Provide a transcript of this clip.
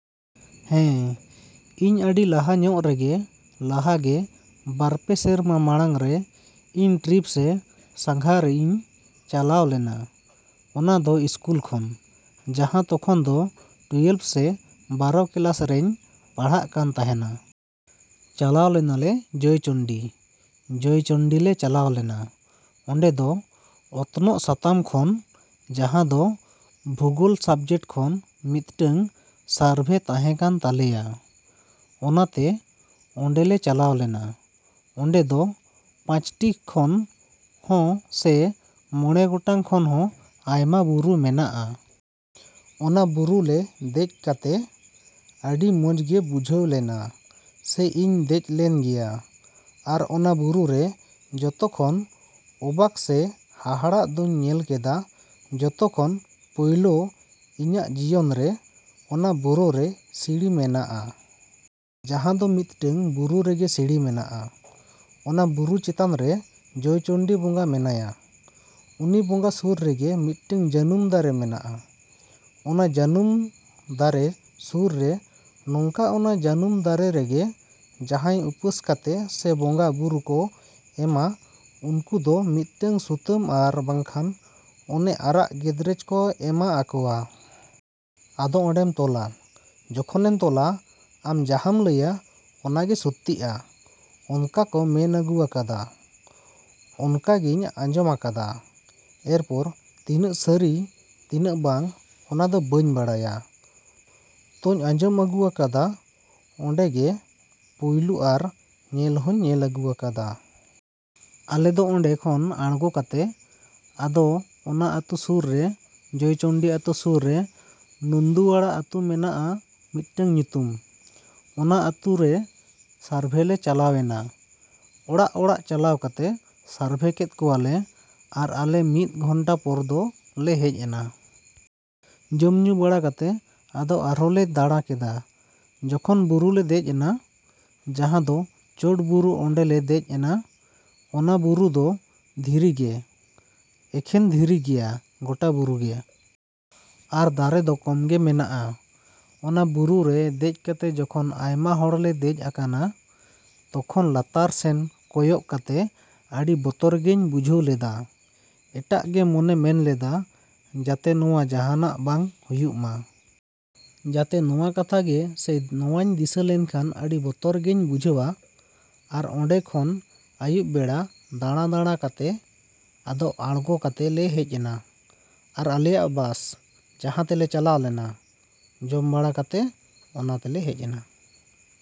‎ᱦᱮᱸ, ᱤᱧ ᱟᱹᱰᱤ ᱞᱟᱦᱟ ᱧᱚᱜ ᱨᱮᱜᱮ, ᱞᱟᱦᱟ ᱜᱮ ᱵᱟᱨ ᱯᱮ ᱥᱮᱨᱢᱟ ᱢᱟᱲᱟᱝᱨᱮ ᱤᱧ ᱴᱨᱤᱯ ᱥᱮ ᱥᱟᱸᱜᱷᱟᱨ ᱤᱧ ᱪᱟᱞᱟᱣ ᱞᱮᱱᱟ᱾ ᱚᱱᱟ ᱫᱚ ᱤᱥᱠᱩᱞ ᱠᱷᱚᱱ, ᱡᱟᱦᱟᱸ ᱛᱚᱠᱷᱚᱱ ᱫᱚ ᱴᱩᱭᱮᱞᱵᱷ ᱥᱮ ᱵᱟᱨᱚ ᱠᱮᱞᱟᱥ ᱨᱮᱧ ᱯᱟᱲᱦᱟᱜ ᱠᱟᱱ ᱛᱟᱦᱮᱸᱱᱟ᱾ ᱪᱟᱞᱟᱣ ᱞᱮᱱᱟ ᱞᱮ ᱡᱚᱭᱪᱚᱱᱰᱤ᱾ ᱡᱚᱭᱪᱚᱱᱰᱤ ᱞᱮ ᱪᱟᱞᱟᱣ ᱞᱮᱱᱟ᱾ ᱚᱸᱰᱮ ᱫᱚ ᱚᱛᱱᱚᱜ ᱥᱟᱛᱟᱢ ᱠᱷᱚᱱ, ᱡᱟᱦᱟᱸ ᱫᱚ ᱵᱷᱩᱜᱳᱞ ᱥᱟᱵᱡᱮᱠᱴ ᱠᱷᱚᱱ ᱢᱤᱫᱴᱟᱝ ᱥᱟᱨᱵᱷᱮ ᱛᱟᱦᱮᱸ ᱠᱟᱱ ᱛᱟᱞᱮᱭᱟ᱾ ᱚᱱᱟᱛᱮ ᱚᱸᱰᱮ ᱞᱮ ᱪᱟᱞᱟᱣ ᱞᱮᱱᱟ᱾ ᱚᱸᱰᱮ ᱫᱚ ᱯᱟᱸᱪᱴᱤ ᱠᱷᱚᱱ ᱦᱚᱸ ᱥᱮ ᱢᱚᱬᱮ ᱜᱚᱴᱟᱝ ᱠᱷᱚᱱ ᱦᱚᱸ ᱟᱭᱢᱟ ᱵᱩᱨᱩ ᱢᱮᱱᱟᱜᱼᱟ᱾ ᱚᱱᱟ ᱵᱩᱨᱩ ᱞᱮ ᱫᱮᱡᱽ ᱠᱟᱛᱮ ᱟᱹᱰᱤ ᱢᱚᱡ ᱜᱮ ᱵᱩᱡᱷᱟᱹᱣ ᱞᱮᱱᱟ ᱥᱮ ᱤᱧ ᱫᱮᱡ ᱞᱮᱱ ᱜᱮᱭᱟ᱾ ᱟᱨ ᱚᱱᱟ ᱵᱩᱨᱩ ᱨᱮ ᱡᱚᱛᱚ ᱠᱷᱚᱱ ᱚᱵᱟᱠ ᱥᱮ ᱦᱟᱦᱟᱲᱟᱜ ᱫᱚᱧ ᱧᱮᱞ ᱞᱮᱫᱟ ᱡᱚᱛᱚ ᱠᱷᱚᱱ ᱯᱩᱭᱞᱳ ᱤᱧᱟᱹᱜ ᱡᱤᱭᱚᱱ ᱨᱮ ᱚᱱᱟ ᱵᱩᱨᱩ ᱨᱮ ᱥᱤᱲᱤ ᱢᱮᱱᱟᱜᱼᱟ᱾ ᱡᱟᱦᱟᱸ ᱫᱚ ᱢᱤᱫᱴᱟᱝ ᱵᱩᱨᱩ ᱨᱮᱜᱮ ᱥᱤᱲᱤ ᱢᱮᱱᱟᱜᱼᱟ᱾ ᱚᱱᱟ ᱵᱩᱨᱩ ᱪᱮᱛᱟᱱ ᱨᱮ ᱡᱚᱭᱪᱚᱱᱰᱤ ᱵᱚᱸᱜᱟ ᱢᱮᱱᱟᱭᱟ᱾ ᱩᱱᱤ ᱵᱚᱸᱜᱟ ᱥᱩᱨ ᱨᱮᱜᱮ ᱢᱤᱫᱴᱟᱝ ᱡᱟᱹᱱᱩᱢ ᱫᱟᱨᱮ ᱢᱮᱱᱟᱜᱼᱟ᱾ ᱚᱱᱟ ᱡᱟᱹᱱᱩᱢ ᱫᱟᱨᱮ ᱥᱩᱨ ᱨᱮ ᱱᱚᱝᱠᱟ ᱚᱱᱟ ᱡᱟᱹᱱᱩᱢ ᱫᱟᱨᱮ ᱨᱮᱜᱮ ᱡᱟᱦᱟᱭ ᱩᱯᱟᱹᱥ ᱠᱟᱛᱮ ᱥᱮ ᱵᱚᱸᱜᱟ ᱵᱩᱨᱩ ᱠᱚ ᱮᱢᱟ ᱩᱱᱠᱩ ᱫᱚ ᱢᱤᱫᱴᱟᱝ ᱥᱩᱛᱟᱹᱢ ᱟᱨ ᱵᱟᱠᱷᱟᱱ ᱚᱱᱮ ᱟᱨᱟᱜ ᱜᱮᱫᱨᱮᱡᱽ ᱠᱚ ᱮᱢᱟ ᱟᱠᱚᱣᱟ᱾ ᱟᱫᱚ ᱚᱸᱰᱮᱢ ᱛᱚᱞᱟ, ᱡᱚᱠᱷᱚᱱᱮᱢ ᱛᱚᱞᱟ ᱟᱢ ᱡᱟᱦᱟᱸᱢ ᱞᱟᱹᱭᱟ ᱚᱱᱟ ᱜᱮ ᱥᱚᱛᱤᱜᱼᱟ᱾ ᱚᱱᱠᱟ ᱠᱚ ᱢᱮᱱ ᱟᱹᱜᱩᱣᱟᱠᱟᱫᱟ, ᱚᱱᱠᱟ ᱜᱮᱧ ᱟᱡᱚᱢ ᱟᱠᱟᱫᱟ᱾ ᱮᱨᱯᱚᱨ ᱛᱤᱱᱟᱹᱜ ᱥᱟᱹᱨᱤ ᱛᱤᱱᱟᱹᱜ ᱵᱟᱝ ᱚᱱᱟ ᱫᱚ ᱵᱟᱹᱧ ᱵᱟᱲᱟᱭᱟ᱾ ᱛᱚᱧ ᱟᱸᱡᱚᱢ ᱟᱹᱜᱩᱣᱟᱠᱟᱫᱟᱹᱧ ᱚᱸᱰᱮ ᱜᱮ ᱯᱩᱭᱞᱩ ᱟᱨ ᱧᱮᱞ ᱦᱚᱧ ᱧᱮᱞ ᱟᱹᱜᱩᱣᱟᱠᱟᱫᱟ᱾ ᱟᱞᱮ ᱫᱚ ᱚᱸᱰᱮ ᱠᱷᱚᱡ ᱟᱲᱜᱚ ᱠᱟᱛᱮᱫ ᱟᱫᱚ ᱚᱱᱟ ᱟᱹᱛᱩ ᱥᱩᱨ ᱨᱮ, ᱡᱚᱭᱪᱚᱱᱰᱤ ᱟᱹᱛᱩ ᱥᱩᱨ ᱨᱮ ᱱᱩᱱᱫᱩᱣᱟᱲᱟ ᱟᱹᱛᱩ ᱢᱮᱱᱟᱜᱼᱟ ᱢᱤᱫᱴᱟᱝ ᱧᱩᱛᱩᱢ᱾ ᱚᱱᱟ ᱟᱹᱛᱩ ᱨᱮ ᱥᱟᱨᱵᱷᱮ ᱞᱮ ᱪᱟᱞᱟᱣᱮᱱᱟ᱾ ᱚᱲᱟᱜᱼᱚᱲᱟᱜ ᱪᱟᱞᱟᱣ ᱠᱟᱛᱮ ᱥᱟᱨᱵᱷᱮ ᱠᱮᱫ ᱠᱚᱣᱟ ᱞᱮ ᱟᱨ ᱟᱞᱮ ᱢᱤᱫ ᱜᱷᱚᱱᱴᱟ ᱯᱚᱨ ᱫᱚ ᱞᱮ ᱦᱮᱡ ᱮᱱᱟ᱾ ᱡᱚᱢ ᱧᱩ ᱵᱟᱲᱟ ᱠᱟᱛᱮ ᱟᱫᱚ ᱟᱨᱦᱚᱸ ᱞᱮ ᱫᱟᱸᱲᱟ ᱠᱮᱫᱟ᱾ ᱡᱚᱠᱷᱚᱱ ᱵᱩᱨᱩ ᱞᱮ ᱫᱮᱡᱽ ᱮᱱᱟ, ᱡᱟᱦᱟᱸ ᱫᱚ ᱪᱚᱴ ᱵᱩᱨᱩ ᱚᱸᱰᱮ ᱞᱮ ᱫᱮᱡ ᱮᱱᱟ᱾ ᱚᱱᱟ ᱵᱩᱨᱩ ᱫᱚ ᱫᱷᱤᱨᱤ ᱜᱮ, ᱮᱠᱷᱮᱱ ᱫᱷᱤᱨᱤ ᱜᱮᱭᱟ ᱜᱚᱴᱟ ᱵᱩᱨᱩ ᱜᱮ᱾ ᱟᱨ ᱫᱟᱨᱮ ᱫᱚ ᱠᱚᱢ ᱜᱮ ᱢᱮᱱᱟᱜᱼᱟ᱾ ᱚᱱᱟ ᱵᱩᱨᱩ ᱨᱮ ᱫᱮᱡ ᱠᱟᱛᱮ ᱡᱚᱠᱷᱚᱱ ᱟᱭᱢᱟ ᱦᱚᱲ ᱞᱮ ᱫᱮᱡ ᱟᱠᱟᱱᱟ, ᱛᱚᱠᱷᱚᱱ ᱞᱟᱛᱟᱨ ᱥᱮᱱ ᱠᱚᱭᱚᱜ ᱠᱟᱛᱮ ᱟᱹᱰᱤ ᱵᱚᱛᱚᱨ ᱜᱮᱧ ᱵᱩᱡᱷᱟᱹᱣ ᱞᱮᱫᱟ᱾ ᱮᱴᱟᱜ ᱜᱮ ᱢᱚᱱᱮ ᱢᱮᱱ ᱞᱮᱫᱟ ᱡᱟᱛᱮ ᱱᱚᱣᱟ ᱡᱟᱦᱟᱱᱟᱜ ᱵᱟᱝ ᱦᱩᱭᱩᱜ ᱢᱟ᱾ ᱡᱟᱛᱮ ᱱᱚᱣᱟ ᱠᱟᱛᱷᱟ ᱜᱮ ᱥᱮ ᱱᱚᱣᱟᱧ ᱫᱤᱥᱟᱹ ᱞᱮᱠᱷᱟᱱ ᱟᱹᱰᱤ ᱵᱚᱛᱚᱨ ᱜᱮᱧ ᱵᱩᱡᱷᱟᱹᱣᱟ᱾ ᱟᱨ ᱚᱸᱰᱮ ᱠᱷᱚᱱ ᱟᱭᱩᱵ ᱵᱮᱲᱟ ᱫᱟᱸᱲᱟ ᱫᱟᱸᱲᱟ ᱠᱟᱛᱮ ᱟᱫᱚ ᱟᱲᱜᱚ ᱠᱟᱛᱮ ᱞᱮ ᱦᱮᱡ ᱮᱱᱟ᱾ ᱟᱨ ᱟᱞᱮᱭᱟᱜ ᱵᱟᱥ ᱡᱟᱦᱟᱸ ᱛᱮᱞᱮ ᱪᱟᱞᱟᱣ ᱞᱮᱱᱟ, ᱡᱚᱢ ᱵᱟᱲᱟ ᱠᱟᱛᱮ ᱚᱱᱟ ᱛᱮᱞᱮ ᱦᱮᱡ ᱮᱱᱟ᱾।